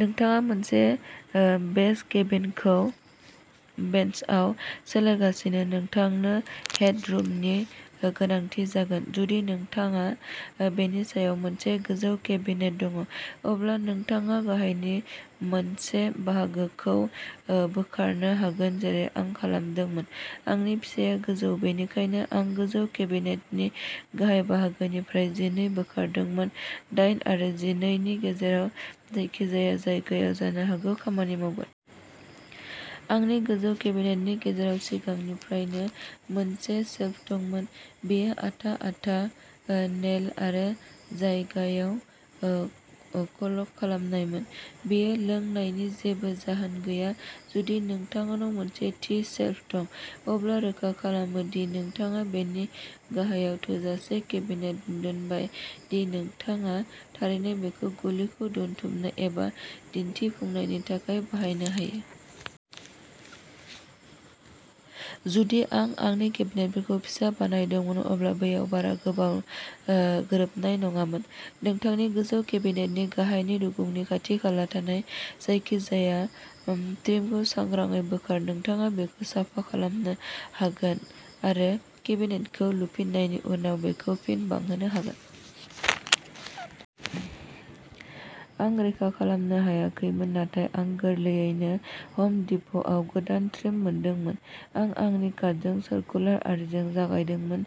नोंथाङा मोनसे ओ बेस केबिनेटखौ बेन्चआव सोलायगासिनो, नोंथांनो हेडरुमनि गोनांथि जागोन। जुदि नोंथाना ओ बेनि सायाव मोनसे गोजौ केबिनेट दंङ, अब्ला नोंथाङा गाहायनि मोनसे बाहागोखौ ओ बोखारनो हागोन। जेरै आं खालामदोंमोन! आंनि फिसाया गोजौ। बेनिखायनो, आं गोजौ केबिनेटनि गाहाय बाहागोनिफ्राय जिनै "बोखारदोंमोन दाइन आरो जिनै" नि गेजेराव जायखिजाया जायगायाव जानो हागौ खामानि मावगोन। आंनि गोजौ केबिनेटनि गेजेराव सिगांनिफ्रायनो मोनसे सेल्फ दंमोन। बेयो आथा-आथा, ओ नेइल आरो जायगायाव ओ क'लक खालामनायमोन। बेखौ लांनायनि जेबो जाहोन गैया। जुदि नोंथांनाव मोनसे थि सेल्फ दं, अब्ला रोखा खालाम दि नोंथाङा बेनि गाहायाव थोजासे केबिनेट दोनबाय दि नोंथाङा थारैनो बेखौ खुलिखौ दोनथुमनाय एबा दिन्थिफुंनायनि थाखाय बाहायनो हायो। जुदि आं आंनि केबिनेटखौ फिसा बानायदोंमोन, अब्ला बैयाव बारा गोबाव ओ गोरोबनाय नङामोन। नोंथांनि गोजौ केबिनेटनि गाहायनि रुगुंनि खाथि-खाला थानाय जायखिजाया ट्रिमखौ सांग्राङै बोखार। नोंथाङा बेखौ साफा खालामनो हागोन आरो केबिनेटखौ लुफिननायनि उनाव बेखौ फिन बाहायनो हागोन। आं रैखा खालामनो हायाखैमोन। नाथाय आं गोरलैयैनो हम डिप'आव गोदान ट्रिम मोनदोंमोन। आं आंनि काटखौ सरकुलार आरिजों जागायदोंमोन।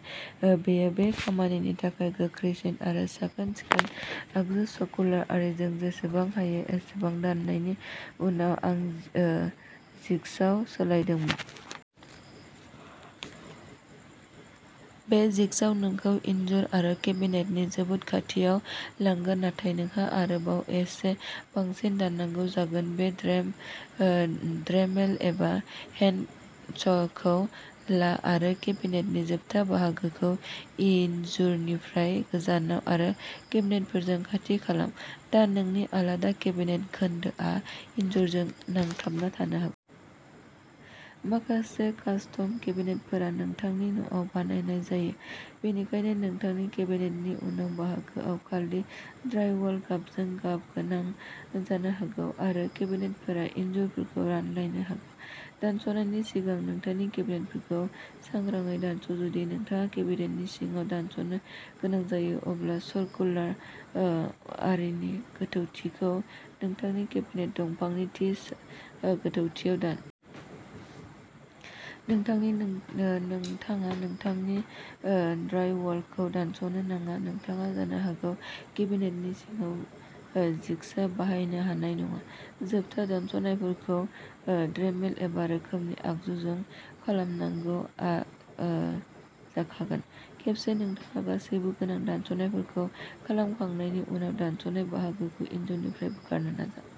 बेयो बे खामानिनि थाखाय गोख्रैसिन आरो साखोन-सिखोन आगजु। सरकुलार आरिजों जेसेबां हायो एसेबां दाननायनि उनाव, आं ओ जिगसाव सोलायदोंमोन। बे जिगसाव नोंखौ इनजुर आरो केबिनेटनि जोबोद खाथियाव लांगोन, नाथाय नोंहा आरोबाव एसे बांसिन दाननांगौ जागोन। बे ड्रेम ओ ड्रेमेल एबा हेन्ड सखौ ला आरो केबिनेटनि जोबथा बाहागोखौ इनजुरनिफ्राय गोजानाव आरो केबिनेटफोरजों खाथि खालाम। दा, नोंनि आलादा केबिनेट खोन्दोआ इनजुरजों नांजाबना थानो हाग -- माखासे कास्टम केबिनेटफोरा नोंथांनि न'आव बानायनाय जायो, बेनिखायनो नोंथांनि केबिनेटनि उन बाहागोआ खालि ड्राइवाल गाबजों गाब गोनां जानो हागौ। आरो केबिनेटफोरा इनजुरफोरखौ रानलायनो हागौ। दानस'नायनि सिगां नोंथांनि केबिनेटफोरखौ सांग्राङै दानस'। जुदि नोंथाङा केबिनेटनि सिङाव दानस'नो गोनां जायो, अब्ला सरकुलार ओ आरिनि गोथौथिखौ नोंथांनि केबिनेट दंफांनि थि ओ गोथौथियाव दान। नोंथांनि नों ओ नोंथाङा नोंथांनि ओ ड्राइवालखौ दानस'नो नाङा। नोंथाङा जानो हागौ केबिनेटनि सिङाव ओ जिगसा बाहायनो हानाय नङा। जोबथा दानस'नायफोरखौ ओ ड्रेमेल एबा रोखोमसे आगजुजों खालामनांगौ आ ओ जाखागोन। खेबसे नोंथाङा गासैबो गोनां दानस'नायफोरखौ खालामखांनायनि उनाव, दानस'नाय बाहागोखौ इनजुरनिफ्राय बोखारनो नाजा।